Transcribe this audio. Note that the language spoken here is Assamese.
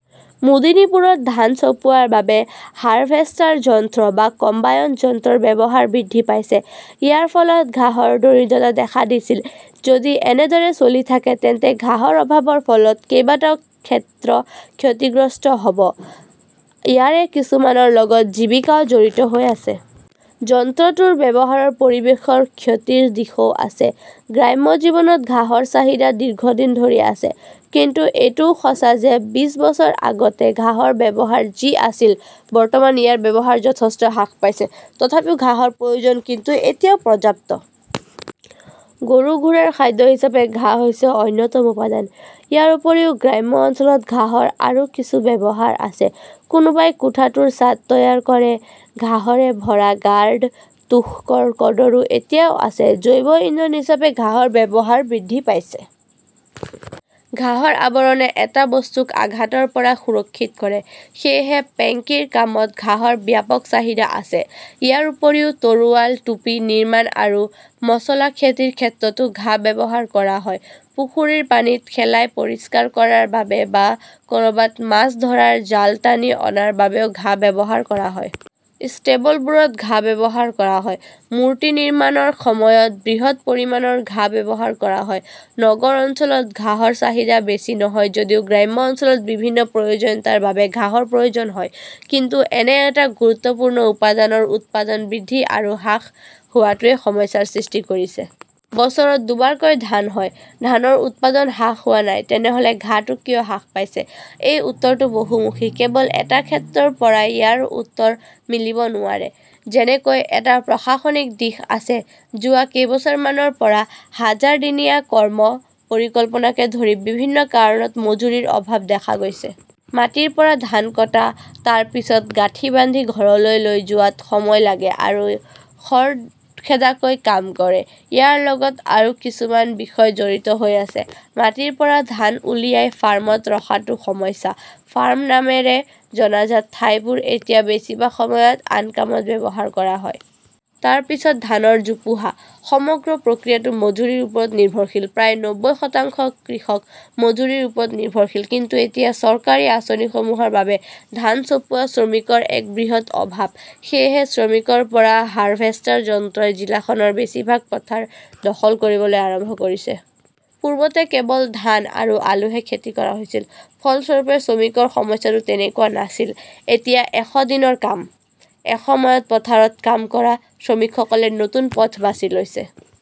মেদিনীপুৰত ধান চপোৱাৰ বাবে হাৰভেষ্টাৰ যন্ত্ৰ বা কম্বাইন যন্ত্ৰৰ ব্যৱহাৰ বৃদ্ধি পাইছে। ইয়াৰ ফলত ঘাঁহৰ দৰিদ্ৰতা দেখা দিছিল। যদি এনেদৰে চলি থাকে তেন্তে ঘাঁহৰ অভাৱৰ ফলত কেইবাটাও ক্ষেত্ৰ ক্ষতিগ্ৰস্ত হ'ব। ইয়াৰে কিছুমানৰ লগত জীৱিকাও জড়িত হৈ আছে। যন্ত্ৰটোৰ ব্যৱহাৰৰ পৰিৱেশৰ ক্ষতিৰ দিশও আছে। গ্ৰাম্য জীৱনত ঘাঁহৰ চাহিদা দীৰ্ঘদিন ধৰি আছে। কিন্তু এইটোও সঁচা যে বিশ বছৰ আগতে ঘাঁহৰ ব্যৱহাৰ যি আছিল, বৰ্তমান ইয়াৰ ব্যৱহাৰ যথেষ্ট হ্ৰাস পাইছে। তথাপিও ঘাঁহৰ প্ৰয়োজন কিন্তু এতিয়াও পৰ্যাপ্ত। গৰু-ঘোঁৰাৰ খাদ্য হিচাপে ঘাঁহ হৈছে অন্যতম উপাদান। ইয়াৰ উপৰিও গ্ৰাম্য অঞ্চলত ঘাঁহৰ আৰু কিছু ব্যৱহাৰ আছে। কোনোবাই কোঠাটোৰ ছাদ তৈয়াৰ কৰে। ঘাঁহৰে ভৰা গাৰ্ড, তোশকৰ কডৰো এতিয়াও আছে। জৈৱ ইন্ধন হিচাপে ঘাঁহৰ ব্যৱহাৰ বৃদ্ধি পাইছে। ঘাঁহৰ আৱৰণে এটা বস্তুক আঘাতৰ পৰা সুৰক্ষিত কৰে। সেয়েহে পেকিংৰ কামত ঘাঁহৰ ব্যাপক চাহিদা আছে। ইয়াৰ উপৰিও, তৰোৱাল, টুপী নিৰ্মাণ আৰু মচলা খেতিৰ ক্ষেত্ৰতো ঘাহ ব্যৱহাৰ কৰা হয়। পুখুৰীৰ পানীত শেলাই পৰিষ্কাৰ কৰাৰ বাবে বা কৰবাত মাছ ধৰাৰ জাল টানি অনাৰ বাবেও ঘাঁহ ব্যৱহাৰ কৰা হয়। ষ্টেবলবোৰত ঘাঁহ ব্যৱহাৰ কৰা হয়। মূৰ্তি নিৰ্মাণৰ সময়ত বৃহৎ পৰিমাণৰ ঘাঁহ ব্যৱহাৰ কৰা হয়। নগৰ অঞ্চলত ঘাঁহৰ চাহিদা বেছি নহয় যদিও গ্ৰাম্য অঞ্চলত বিভিন্ন প্ৰয়োজনীয়তাৰ বাবে ঘাঁহৰ প্ৰয়োজন হয়। কিন্তু এনে এটা গুৰুত্বপূৰ্ণ উপাদানৰ উৎপাদন বৃদ্ধি আৰু হ্ৰাস হোৱাটোৱে সমস্যাৰ সৃষ্টি কৰিছে। বছৰত দুবাৰকৈ ধান হয়। ধানৰ উৎপাদন হ্ৰাস হোৱা নাই। তেনেহ'লে ঘাঁহটো কিয় হ্ৰাস পাইছে? এই উত্তৰটো বহুমুখী। কেৱল এটা ক্ষেত্ৰৰ পৰাই ইয়াৰ উত্তৰ মিলিব নোৱাৰে। যেনেকৈ এটা প্ৰশাসনিক দিশ আছে। যোৱা কেইবছৰমানৰ পৰা হাজাৰ দিনীয়া কৰ্ম পৰিকল্পনাকে ধৰি বিভিন্ন কাৰণত মজুৰিৰ অভাব দেখা গৈছে। মাটিৰ পৰা ধান কটা, তাৰ পিছত গাঁঠি বান্ধি ঘৰলৈ লৈ যোৱাত সময় লাগে আৰু খৰখেদাকৈ কাম কৰে। ইয়াৰ লগত আৰু কিছুমান বিষয় জড়িত হৈ আছে। মাটিৰ পৰা ধান উলিয়াই ফাৰ্মত ৰখাটো সমস্যা। ফাৰ্ম নামেৰে জনাজাত ঠাইবোৰ এতিয়া বেছিভাগ সময়ত আন কামত ব্যৱহাৰ কৰা হয়। তাৰ পিছত ধানৰ জোপোহা। সমগ্ৰ প্ৰক্ৰিয়াটো মজুৰিৰ ওপৰত নিৰ্ভৰশীল। প্ৰায় নব্বৈ শতাংশ কৃষক মজুৰিৰ ওপৰত নিৰ্ভৰশীল। কিন্তু এতিয়া চৰকাৰী আঁচনিসমূহৰ বাবে ধান চপোৱা শ্ৰমিকৰ এক বৃহৎ অভাৱ! সেয়েহে শ্ৰমিকৰ পৰা হাৰভেষ্টাৰ যন্ত্ৰই জিলাখনৰ বেছিভাগ পথাৰ দখল কৰিবলৈ আৰম্ভ কৰিছে। পূৰ্বতে কেৱল ধান আৰু আলুহে খেতি কৰা হৈছিল। ফলস্বৰূপে, শ্ৰমিকৰ সমস্যাটো তেনেকুৱা নাছিল। এতিয়া এশ দিনৰ কাম। এসময়ত পথাৰত কাম কৰা শ্ৰমিকসকলে নতুন পথ বাছি লৈছে।